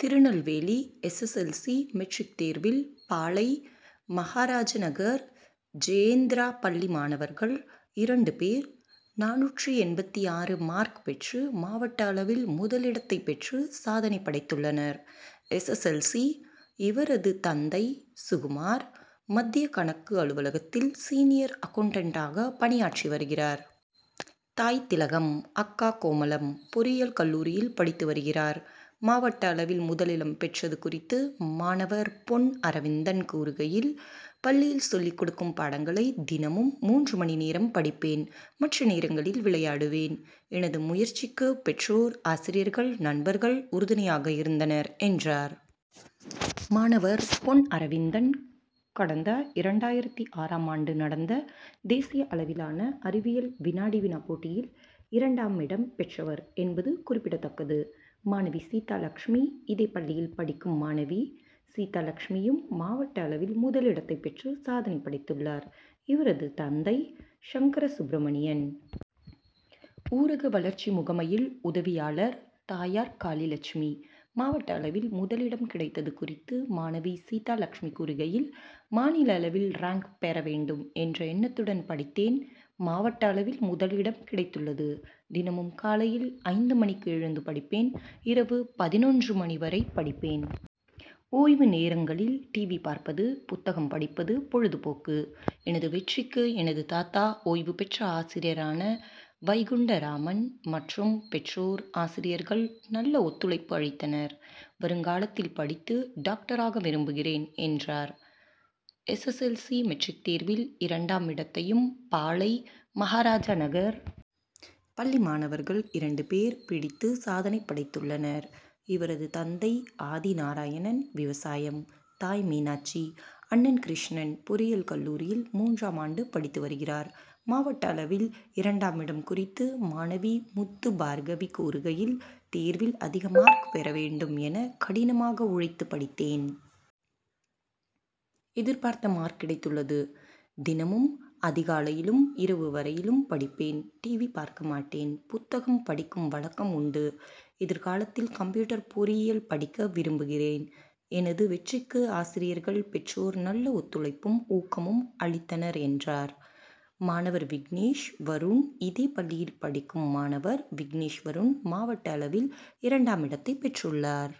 Tirunelveli S. S. L. C. Matric தேர்வில் பாளை., மகாராஜநகர் ஜெயேந்திரா பள்ளி மாணவர்கள் இரண்டு பேர் நானூற்று எண்பத்தாறு மார்க் பெற்று மாவட்ட அளவில் முதலிடத்தை பெற்று சாதனை படைத்துள்ளனர். எஸ். எஸ். எல். சி. இவரது தந்தை சுகுமார். மத்திய கணக்கு அலுவலகத்தில் சீனியர் அக்கவுண்டன்டாக பணியாற்றிவருகிறார். தாய் திலகம். அக்கா கோமளம். பொறியியல் கல்லூரியில் படித்து வருகிறார். மாவட்ட அளவில் முதலிடம் பெற்றது குறித்து மாணவர் பொன் அரவிந்தன் கூறுகையில், பள்ளியில் சொல்லிக் கொடுக்கும் பாடங்களை தினமும் மூன்று மணி நேரம் படிப்பேன். மற்ற நேரங்களில் விளையாடுவேன். எனது முயற்சிக்கு பெற்றோர், ஆசிரியர்கள், நண்பர்கள் உறுதுணையாக இருந்தனர் என்றார். மாணவர் பொன் அரவிந்தன் கடந்த இரண்டாயிரத்து ஆறாம் ஆண்டு நடந்த தேசிய அளவிலான அறிவியல் வினாடி-வினா போட்டியில் இரண்டாமிடம் பெற்றவர் என்பது குறிப்பிடதக்கது. மாணவி சீதாலெட்சுமி இதே பள்ளியில் படிக்கும் மாணவி சீதா லெட்சுமியும் மாவட்ட அளவில் முதலிடத்தை பெற்று சாதனை படைத்துள்ளார். இவரது தந்தை சங்கரசுப்பிரமணியன். ஊரக வளர்ச்சி முகமையில் உதவியாளர். தாயார் காளிலெட்சுமி. மாவட்ட அளவில் முதலிடம் கிடைத்தது குறித்து மாணவி சீதா லெட்சுமி கூறுகையில், மாநில அளவில் ரேங்க் பெறவேண்டும் என்ற எண்ணத்துடன் படித்தேன். மாவட்ட அளவில் முதலிடம் கிடைத்துள்ளது. தினமும் காலையில் ஐந்து மணிக்கு எழுந்து படிப்பேன். இரவு பதினொன்று மணி வரை படிப்பேன். ஓய்வு நேரங்கில் டிவி பார்ப்பது, புத்தகம் படிப்பது பொழுதுபோக்கு. எனது வெற்றிக்கு எனது தாத்தா ஓய்வு பெற்ற ஆசிரியரான வைகுண்டராமன் மற்றும் பெற்றோர், ஆசிரியர்கள் நல்ல ஒத்துழைப்பு அளித்தனர். வருங்காலத்தில் படித்து டாக்டராக விரும்புகிறேன் என்றார். S. S. L. C. Matric தேர்வில் இரண்டாமிடத்தையும் பாளை.,மகாராஜநகர் பள்ளி மாணவர்கள் இரண்டு பேர் பிடித்து சாதனை படைத்துள்ளனர். இவரது தந்தை ஆதிநாராயணன். விவசாயம். தாய் மீனாட்சி. அண்ணன் கிருஷ்ணன் பொறியியல் கல்லூரியில் மூன்றாம் ஆண்டு படித்து வருகிறார். மாவட்ட அளவில் இரண்டாமிடம் குறித்து மாணவி முத்துபார்க்கவி கூறுகையில், தேர்வில் அதிக மார்க் பெறவேண்டும் என கடினமாக உழைத்து படித்தேன். எதிர்பார்த்த மார்க் கிடைத்துள்ளது. தினமும் அதிகாலையிலும், இரவு வரையிலும் படிப்பேன். டிவி பார்க்கமாட்டேன். புத்தகம் படிக்கும் வழக்கம் உண்டு. எதிர்காலத்தில் கம்ப்யூட்டர் பொறியில் படிக்க விரும்புகிறேன். எனது வெற்றிக்கு ஆசிரியர்கள், பெற்றோர் நல்ல ஒத்துழைப்பும், ஊக்கமும் அளித்தனர் என்றார்'. மாணவர் விக்னேஷ் வருண் இதே பள்ளியில் படிக்கும் மாணவர் விக்னேஷ் வருண் மாவட்ட அளவில் இரண்டாமிடத்தை பெற்றுள்ளார்.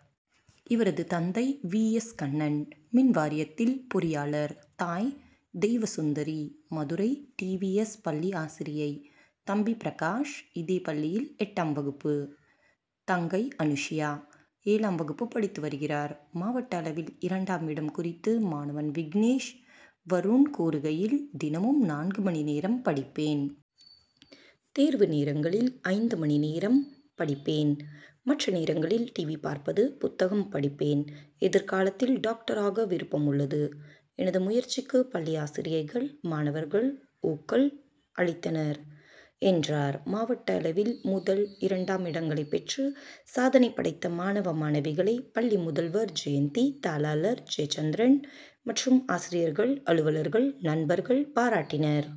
இவரது தந்தை வி. எஸ். கண்ணன். மின்வாரியத்தில் பொறியாளர். தாய் Deivasundari. Madurai T. V. S. பள்ளி ஆசிரியை. தம்பி பிரகாஷ். இதே பள்ளியில் எட்டாம் வகுப்பு. தங்கை அனுசுயா. ஏழாம் வகுப்பு படித்து வருகிறார். மாவட்ட அளவில் இரண்டாம் இடம் குறித்து மாணவன் விக்னேஷ் வருண் கூறுகையில், தினமும் நான்கு மணி நேரம் படிப்பேன். தேர்வு நேரங்களில் ஐந்து மணி நேரம் படிப்பேன். மற்ற நேரங்களில் டிவி பார்ப்பது, புத்தகம் படிப்பேன். எதிர்காலத்தில் டாக்டராக விருப்பம் உள்ளது. எனது முயற்சிக்கு பள்ளி ஆசிரியைகள், மாணவர்கள் ஊக்கள் அளித்தனர் என்றார். மாவட்ட அளவில் முதல், இரண்டாம் இடங்களை பெற்று சாதனை படைத்த மாணவ, மாணவிகளை பள்ளி முதல்வர் ஜெயந்தி, தாளாளர் ஜெயசந்திரன் மற்றும் ஆசிரியர்கள், அலுவலர்கள், நண்பர்கள் பாராட்டினர்.